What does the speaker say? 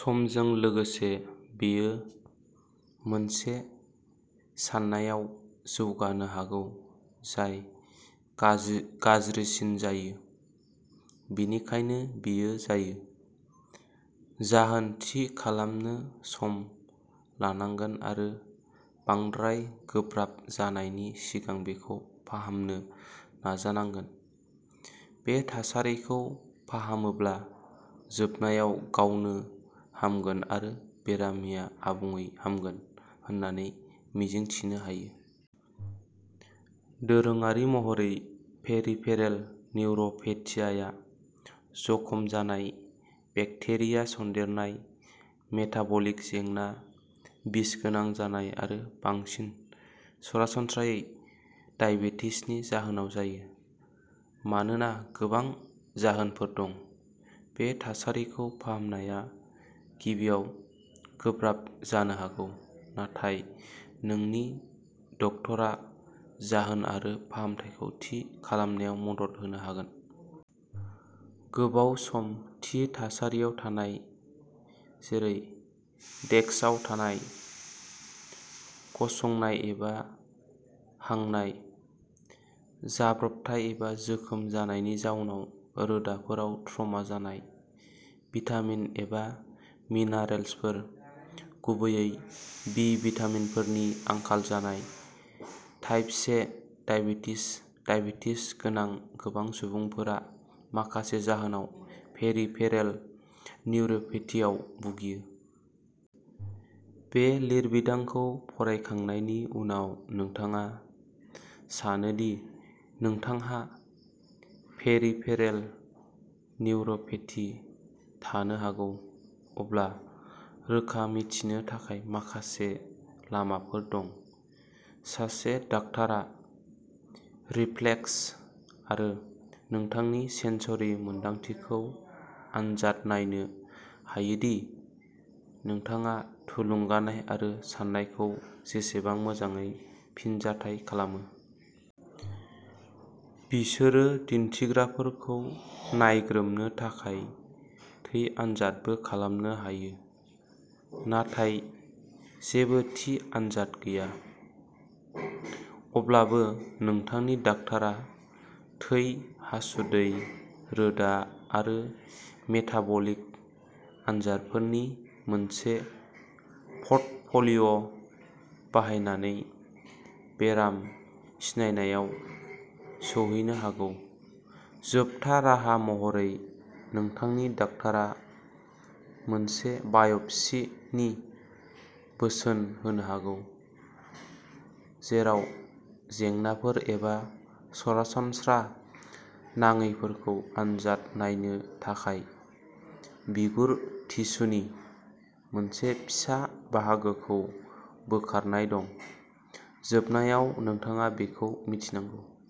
समजों लोगोसे, बेयो मोनसे सानायआव जौगानो हागौ जाय गाज्रिसिन जायो, बेनिखायनो बेयो जायो। जाहोन थि खालामनो सम लानांगोन आरो बांद्राय गोब्राब जानायनि सिगां बेखौ फाहामनो नाजानांगोन। बे थासारिखौ फाहामोब्ला जोबनायाव गावनो हामगोन आरो बेरामिया आबुङै हामगोन होननानै मिजिंथिनो हायो। दोरोङारि महरै पेरिफेरेल निउर'पेथिआ जखम जानाय, बेक्टेरिया सन्देरनाय, मेटाबलिक जेंना, बिसगोनां जानाय आरो बांसिन सरासनस्रायै दाइबेटिसनि जाहोनाव जायो। मानोना गोबां जाहोनफोर दं, बे थासारिखौ फाहामनाया गिबियाव गोब्राब जानो हागौ, नाथाय नोंनि डाक्टारआ जाहोन आरो फाहामथायखौ थि खालामनायाव मदद होनो हागोन। गोबाव सम थि थासारियाव थानाय, जेरै डेस्कआव थानाय, गसंनाय एबा हांनाय। जाब्रबथाय एबा जोखोम जानायनि जाउनाव रोदाफोराव ट्रमा जानाय। भिटामिन एबा मिनारेलफोर, गुबैयै बि भिटामिनफोरनि आंखाल जानाय। टाइप से दाइबेटिस दाइबेटिस गोनां गोबां सुबुंफोरा माखासे गोहोआव पेरिफेरेल निउर'पेथिआव भुगियो। बे लिरबिदांखौ फरायखांनायनि उनाव नोंथाङा सानो दि नोंथांहा पेरिफेरेल निउर'पेथि थानो हागौ, अब्ला रोखा मिथिनो थाखाय माखासे लामाफोर दं। सासे डाक्टारा रिफ्लेक्स आरो नोंथांनि सेन्सरि मोनदांथिखौ आनजाद नायनो हायो दि नोंथाङा थुलुंगानाय आरो सानायखौ बेसेबां मोजाङै फिनजाथाय खालामो। बिसोरो दिन्थिग्राफोरखौ नायग्रोमनो थाखाय थै आनजादबो खालामनो हायो, नाथाय जेबो थि आनजाद गैया। अब्लाबो, नोंथांनि डाक्टारा थै, हासुदै, रोदा आरो मेटाबलिक आनजादफोरनि मोनसे प'र्टफ'लिय' बाहायनानै बेराम सिनायनायाव सौहैनो हागौ। जोबथा राहा महरै, नोंथांनि डाक्टारा मोनसे बाय'प्सीनि बोसोन होनो हागौ, जेराव जेंनाफोर एबा सरासनस्रा नङैफोरखौ आनजाद नायनो थाखाय बिगुर टिस्युनि मोनसे फिसा बाहागोखौ बोखारनाय दं। जोबनायाव, नोंथाङा बेखौ मिथिनांगौ।